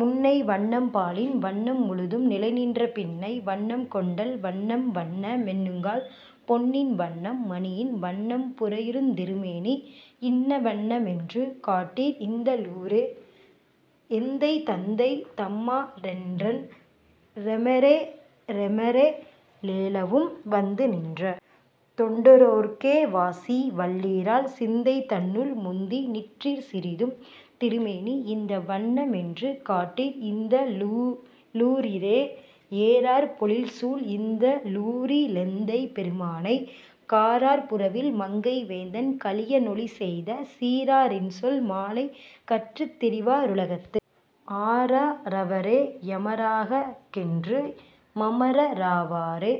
முன்னை வண்ணம் பாலின் வண்ணம் முழுதும் நிலைநின்ற, பின்னை வண்ணம் கொண்டல் வண்ணம் வண்ண மெண்ணுங்கால், பொன்னின் வண்ணம் மணியின் வண்ணம் புரையுந் திருமேனி, இன்ன வண்ண மென்று காட்டீர் இந்த ளூரே. எந்தை தந்தை தம்மா னென்றென் றெமெரே றெமரெ ழேளவும், வந்து நின்ற தொண்டரோர்க்கே வாசி வல்லீரால், சிந்தை தன்னுள் முந்தி நிற்றிர் சிறிதும் திருமேனி, இந்த வண்ண மென்று காட்டீர் இந்த ளூரீரே ஏரார் பொழில்சூழ் இந்த ளூரி லெந்தை பெருமானை, காரார் புறவில் மங்கை வேந்தன் கலிய னொலிசெய்த, சீரா ரின்சொல் மாலை கற்றுத் திரிவா ருலகத்து, ஆரா ரவரே யமராகக் கென்று மமர ராவாரே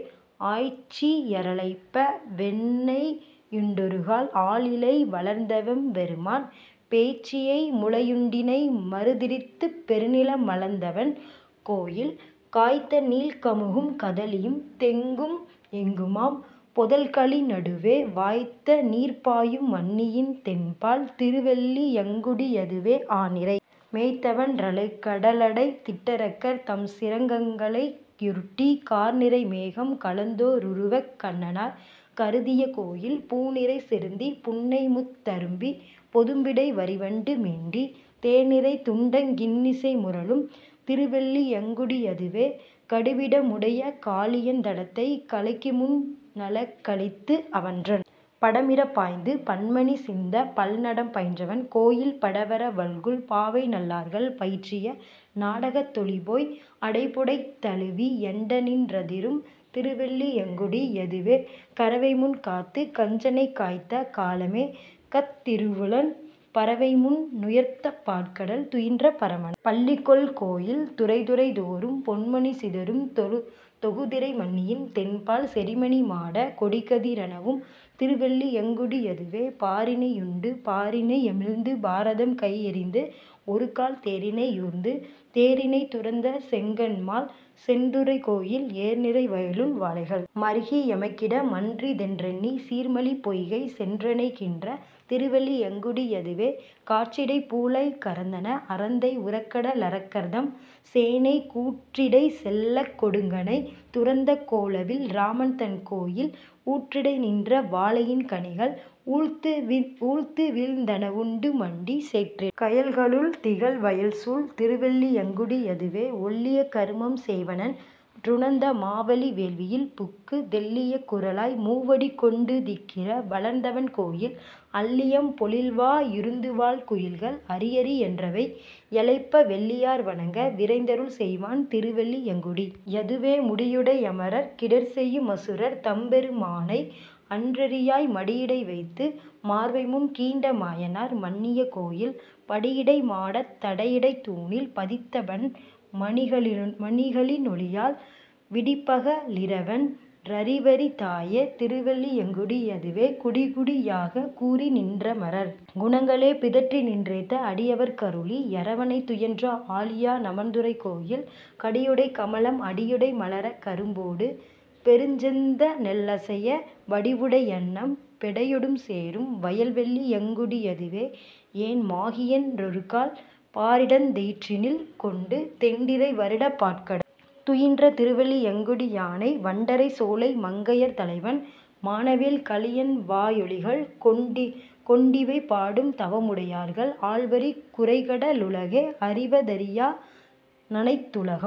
ஆய்ச்சியரழைப்ப வெண்ணெயுண்டொருகால் ஆலிலை வளர்ந்தவெம் பெருமான், பேய்ச்சியை முலயுண் டிணைமரு திறுத்துப் பெருநில மளந்தவன் கோயில், காய்த்தநீள் கமுகும் கதலியும் தெங்கும் எங்குமாம் பொதல்களி னடுவே, வாய்த்தநீர் பாயும் மண்ணியின் தென்பால் திருவெள்ளி யங்குடி யதுவே ஆநிரை மேய்த்தவன் றலைகட லடைத்திட்டரக்கர் தம் சிரங்களை யுருட்டி, கார்நிறை மேகம் கலந்தோ ருருவக் கண்ணனார் கருதிய கோயில், பூநீரைச் செருந்தி புன்னைமுத் தரும்பிப் பொதும்பிடை வரிவண்டு மிண்டி, தேனிரைத் துண்டங் கின்னிசை முரலும் திருவெள்ளி யங்குடி யதுவே கடுவிடமுடைய காளியன் தடத்தைக் கலக்கிமுன் னலக்கழித்து, அவன்றன் படமிறப் பாய்ந்து பன்மணி சிந்தப் பல்நடம் பயின்றவன் கோயில், படவர வல்குல் பாவைநல் லார்கள் பயிற்றிய நாடகத் தொலிபோய், அடைபுடை தழுவி யண்டநின் றதிரும் திருவெள்ளி யங்குடி யதுவே கறவைமுன் காத்துக் கஞ்சனைக் காய்த்த காளமே கத்திரு வுலன், பறவைமுன் னுயர்த்துப் பாற்கடல் துயின்ற பரமனார் பள்ளிகொள் கோயில், துறைதுறை தோறும் பொன்மணி சிதறும் தொகுதிரை மண்ணியின் தென்பால், செறிமணி மாடக் கொடிகதி ரணவும் திருவெள்ளி யங்குடி யதுவே பாரினை யுண்டு பாரினை யுமிழ்ந்து பாரதம் கையெறிந்து, ஒருகால் தேரினை யூர்ந்து தேரினைத் துரந்த செங்கண்மால் சென்றுறை கோயில், ஏர்நிரை வயளுள் வாளைகள் மறுகி எமக்கிட மன்றிதென்றெண்ணி, சீர்மலி பொய்கை சென்றணை கின்ற திருவெள்ளி யங்குடி யதுவே காற்றிடைப் பூளை கரந்தன அரந்தை உறக்கட லரக்கர்தம் சேனை, கூற்றிடைச் செல்லக் கொடுங்கணை துரந்த கோலவில் இராமன் தன் கோயில், ஊற்றிடை நின்ற வாழையின் கனிகள் ஊழ்த்துவீழ்ந் தனவுண்டு மண்டி, சேற்றிடைக் கயல்க ளுள்திகழ் வயல்சூழ் திருவெள்ளி யங்குடி யதுவே ஓள்ளிய கருமம் செய்வனென் றுணர்ந்த மாவலி வேள்வியில் புக்கு, தெள்ளிய குறளாய் மூவடி கொண்டு திக்குற வளர்ந்தவன் கோயில் அள்ளியம் பொழில்வா யிருந்துவாழ் குயில்கள் அரியரி யென்றவை யழைப்ப வெள்ளியார் வணங்க விரைந்தருள் செய்வான் திருவெள்ளி யங்குடி யதுவே முடியுடை யமரர்க் கிடர்செயு மசுரர் தம்பெரு மானை, அன் றரியாய் மடியிடை வைத்து மார்வைமுன் கீண்ட மாயனார் மன்னிய கோயில், படியிடை மாடத் தடியிடைத் தூணில் பதித்தபன் மணிகளி னொளியால், விடிபக லிரவென் றறிவரி தாய திருவெள்ளி யங்குடி யதுவே குடிகுடி யாகக் கூடிநின் றமரர் குணங்களே பிதற்றிநின் றேத்த அடியவர்க் கருளி யரவணைத் துயின்ற ஆழியா நமர்ந்துறை கோயில், கடியுடைக் கமலம் அடியிடை மலரக் கரும்பொடு பெருஞ்செந்நெ லசைய, வடிவுடை யன்னம் பெடையொடும் சேரும் வயல்வெள்ளி யங்குடி யதுவே ஏன் மாகியன் றொருகால், பாரிடந் தெயிற்றினில் கொண்டு, தெண்டிரை வருடப் பாற்கடல் துயின்ற திருவெள்ளி யங்குடி யானை, வண்டறை சோலை மங்கையர் தலைவன் மானவேல் கலியன்வா யொலிகள், கொண்டிவை பாடும் தவமுடையார்கள் ஆள்வரிக் குரைகட லுலகே அறிவ தரியா னனைத்துலகும்